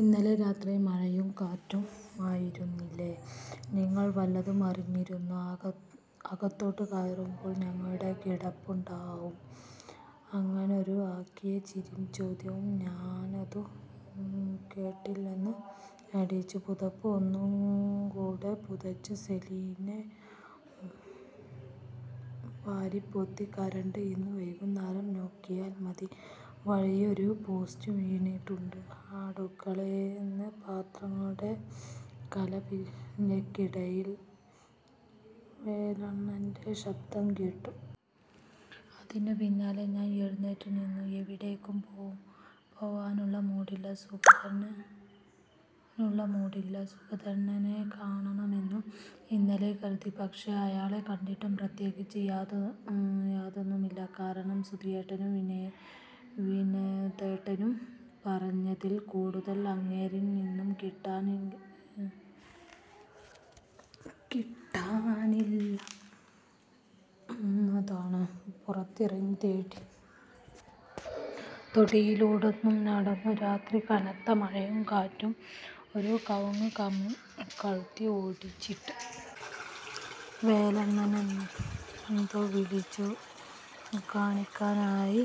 "ഇന്നലെ രാത്രി മഴയുംകാറ്റുമായിരുന്നല്ലേ? നിങ്ങള് വല്ലതും അറിഞായിരുന്നോ? അകത്തോട്ടു കയറുമ്പോൾ ഞങ്ങളുടെ കിടപ്പുകണ്ടാവും അങ്ങേരുടെ ആക്കിയ ചിരിയും ചോദ്യവും ഞാനതു കേട്ടില്ലെന്നു നടിച്ചു. പുതപ്പ് ഒന്നുകൂടെ പുതച്ച് സെലിനെ വാരിപ്പൊത്തി. "കരണ്ട് ഇന്ന് വൈകുന്നേരം നോക്കിയാ മതി. വഴീലൊരു പോസ്റ്റ് വീണിട്ടുണ്ട്" അടുക്കേളേന്ന് പാത്രങ്ങളുടെ കലപിലക്കിടയിൽ വേലണ്ണന്റെ ശബ്ദം കേട്ടു. അതിനു പിന്നാലെ ഞാൻ എഴുന്നേറ്റു. ഇന്ന് എവിടേക്കും പോവാനുള്ള മൂഡില്ല. സുഗതണ്ണനെ കാണാമെന്നാണു ഇന്നലെ കരുതിയത്. പക്ഷേ. അയാളെ കണ്ടിട്ടും പ്രത്യേകിച്ച് യാതൊന്നുമില്ല. കാരണം, സുധിയേട്ടനും വിനോദേട്ടനും പറഞ്ഞതിൽ കൂടുതൽ അങ്ങേരിൽ നിന്നും കിട്ടാനില്ലെന്നതാണ്. പുറത്തിറങ്ങി തൊടിയിലൂടൊന്നു നടന്നു. രാത്രിയിലെ കനത്ത മഴയും കാറ്റും ഒരു കവുങ്ങിന്റ കഴുത്ത് ഒടിച്ചിട്ടിട്ടുണ്ട്. വേലണ്ണനെയതു വിളിച്ചു കാണിക്കാനായി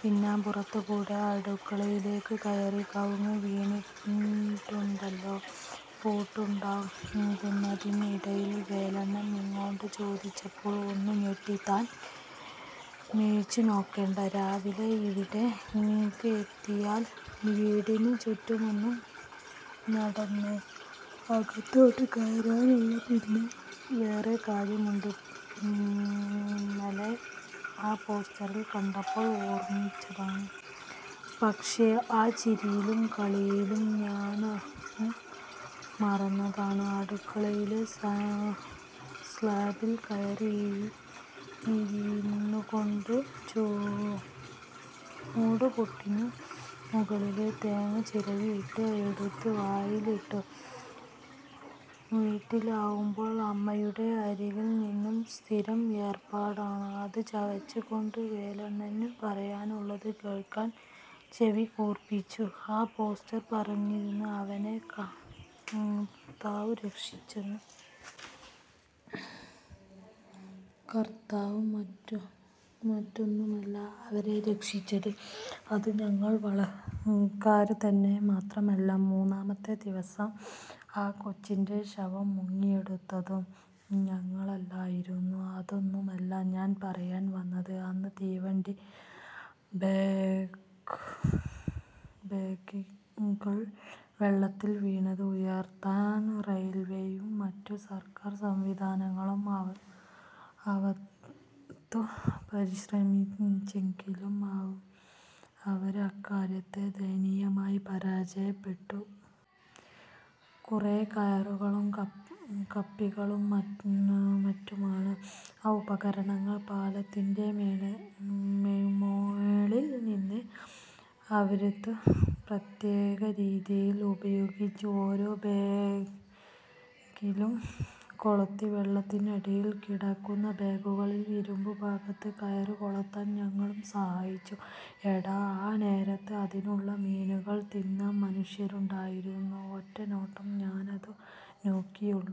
പിന്നാമ്പുറത്തു കൂടെ അടുക്കളയിലേക്ക് കയറി. "കവുങ്ങ് വീണിട്ടുണ്ടല്ലേ? " പുട്ട് ഉണ്ടാക്കുന്നതിന് ഇടയിൽ വേലണ്ണൻ ഇങ്ങോട്ടു ചോദിച്ചപ്പോൾ ഒന്നു ഞെട്ടി. "താൻ മിഴിച്ചുനോക്കണ്ട. രാവിലെ ഇവിടേക്ക് എത്തിയാല് വീടിനു ചുറ്റുമൊന്നു നടന്നേ അകത്തോട്ടു കയറാറുള്ളൂ. പിന്നെ വേറൊരു കാര്യമുണ്ട്. ഇന്നലെ ആ പാസ്റ്ററെ കണ്ടപ്പോൾ ഓർമിച്ചതാണ്. പക്ഷേ, ആ ചിരിയിലും കളിയിലും ഞാനതങ്ങു മറന്നതാണ്" അടുക്കളയിലെ സ്ലാബിൽ കയറി ഇരുന്നുകൊണ്ട്, ചൂടു പുട്ടിനു മുകളിലെ തേങ്ങ ചിരവിയിട്ടത് എടുത്ത് വായിലിട്ടു. വീട്ടിലാവുമ്പോൾ അമ്മയുടെ അരികിൽ നിന്നുള്ള സ്ഥിരം ഏർപ്പാടാണിത്. അതു ചവച്ചുകൊണ്ട് വേലണ്ണനു പറയാനുള്ളതു കേൾക്കാൻ ചെവികൂർപ്പിച്ചു. "ആ പാസ്റ്റർ പറഞ്ഞില്ലേ അവനെ കർത്താവു രക്ഷിച്ചെന്ന്. കർത്താവും മറ്റുമൊന്നുമല്ല അവരെ രരക്ഷിച്ചത്. അതു ഞങ്ങൾ വള്ളക്കാര് തന്നെയാണ്. മാത്രമല്ല, മൂന്നാമത്തെ ദിവസം ആ കൊച്ചിന്റെ ശവം മുങ്ങിയെടുത്തതും ഞങ്ങളായിരുന്നു. അതൊന്നുമല്ല ഞാൻ പറയാൻ വന്നത്. അന്ന് തീവണ്ടീടെ ബോഗികൾ വെള്ളത്തിൽ വീണത് ഉയർത്താൻ റെയിൽവേയും മറ്റു സർക്കാർ സംവിധാനങ്ങളും ആവതു പരിശ്രമിച്ചെങ്കിലും അവര് അക്കാര്യത്തിൽ ദയനീയമായി പരാജയപ്പെട്ടു. കുറേ കയറുകളും കപ്പികളും മറ്റുമാണ് ആ ഉപകരണങ്ങൾ. പാലത്തിന്റെ മോളിൽ നിന്ന്, അവരതു പ്രത്യേകരീതിയിൽ ഉപയോഗിച്ച് ഓരോ ബോഗിയിലും കൊളുത്തി. വെള്ളത്തിനടിയിൽ കിടക്കുന്ന ബോഗികളുടെ ഇരുമ്പു ഭാഗത്ത് കയറ് കൊളുത്താൻ ഞങ്ങളുും സഹായിച്ചു. എടോ ആ നേരത്ത്, അതിനുള്ളിൽ മീനുകള് തിന്ന മനുഷ്യരുണ്ടായിരുന്നു. ഒറ്റനോട്ടമേ ഞാനതു നോക്കിയുള്ളൂ.